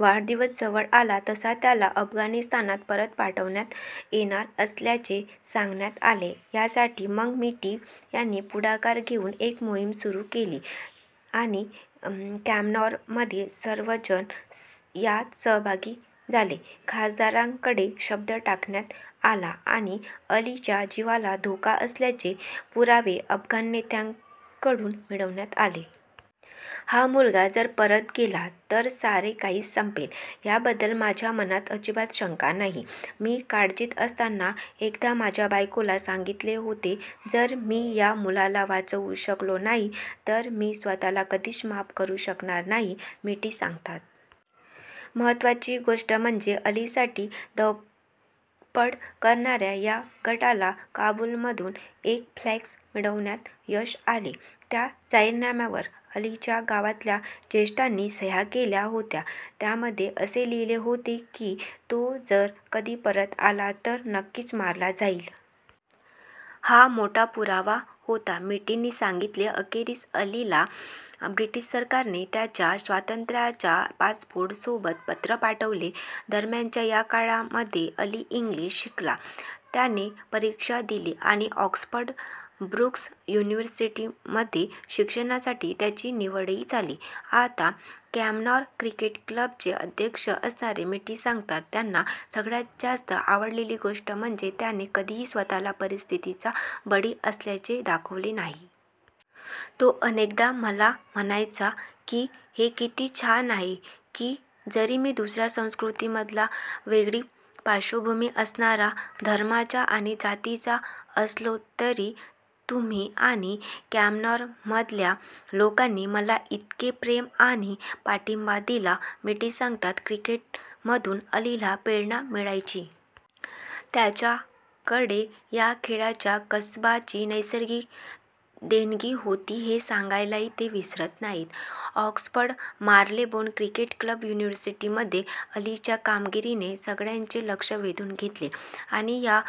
वाढदिवस जवळ आला तसा त्याला अफगाणिस्तानात परत पाठवण्यात येणार असल्याचे सांगण्यात आले. यासाठी मग मिटी यांनी पुढाकार घेऊन एक मोहीम सुरू केली आणि कमनॉरमधील सर्वजण यात सहभागी झाले. खासदारांकडे शब्द टाकण्यात आला आणि अलीच्या जीवाला धोका असल्याचे पुरावे अफगाण नेत्यांकडून मिळवण्यात आले. हा मुलगा जर परत गेला तर सारे काही संपेल याबद्दल माझ्या मनात अजिबात शंका नाही. मी काळजीत असताना एकदा माझ्या बायकोला सांगितले होते, जर मी या मुलाला वाचवू शकलो नाही, तर मी स्वतःला कधीच माफ करू शकणार नाही, मिटी सांगतात. महत्त्वाची गोष्ट म्हणजे अलीसाठी धडपड करणाऱ्या या गटाला काबूलमधून एक फॅक्स मिळवण्यात यश आले. त्या जाहीरनाम्यावर अलीच्या गावातल्या ज्येष्ठांनी सह्या केल्या होत्या. त्यामध्ये असे लिहिले होते की तो जर कधी परत आला तर नक्कीच मारला जाईल. हा मोठा पुरावा होता, मिटींनी सांगितले. अखेरीस अलीला ब्रिटिश सरकारने त्याच्या 'स्वातंत्र्याच्या पासपोर्ट'सोबत पत्र पाठवले. दरम्यानच्या या काळामध्ये अली इंग्लिश शिकला. त्याने परीक्षा दिली आणि ऑक्सफर्ड ब्रुक्स युनिव्हर्सिटीमध्ये शिक्षणासाठी त्याची निवडही झाली. आता कमनॉर क्रिकेट क्लबचे अध्यक्ष असणारे मिटी सांगतात, त्यांना सगळ्यात जास्त आवडलेली गोष्ट म्हणजे त्याने कधीही स्वतःला परिस्थितीचा बळी असल्याचे दाखवले नाही. तो अनेकदा मला म्हणायचा की 'हे किती छान आहे की जरी मी दुसऱ्या संस्कृतीमधला, वेगळी पार्श्वभूमी असणारा, धर्माचा आणि जातीचा असलो तरी तुम्ही आणि कमनॉरमधल्या लोकांनी मला इतके प्रेम आणि पाठिंबा दिला'. मिटी सांगतात क्रिकेटमधून अलीला प्रेरणा मिळायची. त्याच्याकडे या खेळाच्या कसबाची नैसर्गिक देणगी होती हे सांगायलाही ते विसरत नाहीत. ऑक्सफर्ड मार्लेबोन क्रिकेट क्लब युनिव्हर्सिटीमध्ये अलीच्या कामगिरीने सगळ्यांचे लक्ष वेधून घेतले. आणि या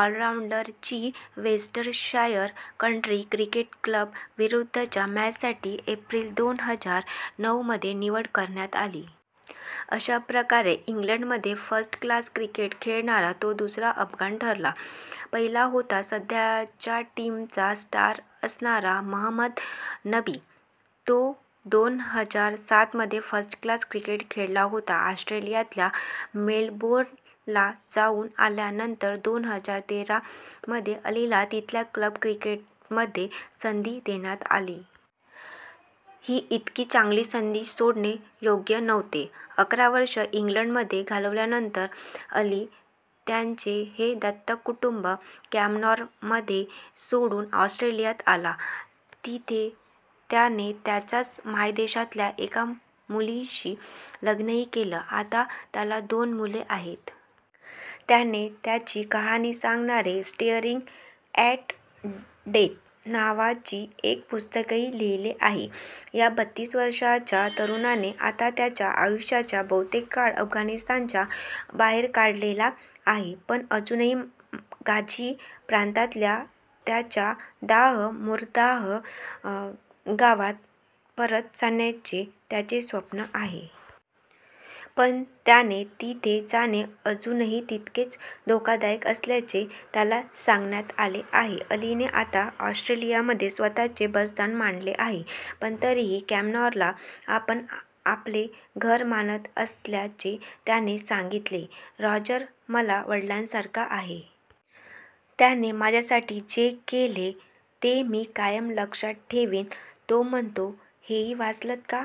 ऑलराऊंडरची वुस्टरशायर कन्ट्री क्रिकेट क्लब विरुद्धच्या मॅचसाठी एप्रिल दोन हजार नऊमध्ये निवड करण्यात आली. अशाप्रकारे इंग्लंडमध्ये फर्स्ट-क्लास क्रिकेट खेळणारा तो दुसरा अफगाण ठरला. पहिला होता सध्याच्या टीमचा स्टार असणारा महम्मद नबी. तो दोन हजार सातमध्ये फर्स्ट क्लास क्रिकेट खेळला होता. ऑस्ट्रेलियातल्या मेलबोर्नला जाऊन आल्यानंतर दोन हजार तेरामध्ये अलीला तिथल्या क्लब क्रिकेटमध्ये संधी देण्यात आली. ही इतकी चांगली संधी सोडणे योग्य नव्हते. अकरा वर्षे इंग्लंडमध्ये घालवल्यानंतर अली त्याचे हे दत्तक कुटुंब कमनॉरमध्ये सोडून ऑस्ट्रेलियात आला. तिथे त्याने त्याच्याच मायदेशातल्या एका मुलीशी लग्नही केले. आता त्याला दोन मुले आहेत. त्याने त्याची कहाणी सांगणारे 'स्टेअरिंग ऍट डेथ' नावाचे एक पुस्तकही लिहिले आहे. या बत्तीस वर्षांच्या तरुणाने आता त्याच्या आयुष्याचा बहुतेक काळ अफगाणिस्तानच्या बाहेर काढलेला आहे. पण अजूनही गाझी प्रांतातल्या त्याच्या दाह मुर्दाह गावात परत जाण्याचे त्याचे स्वप्न आहे. पण त्याने तिथे जाणे अजूनही तितकेच धोकादायक असल्याचे त्याला सांगण्यात आले आहे. अलीने आता ऑस्ट्रेलियामध्ये स्वतःचे बस्तान मांडले आहे. पण तरीही कमनॉरला आपण आपले घर मानत असल्याचे त्याने सांगितले. रॉजर मला वडिलांसारखा आहे. त्याने माझ्यासाठी जे केले, ते मी कायम लक्षात ठेवीन, तो म्हणतो. हेही वाचलंत का?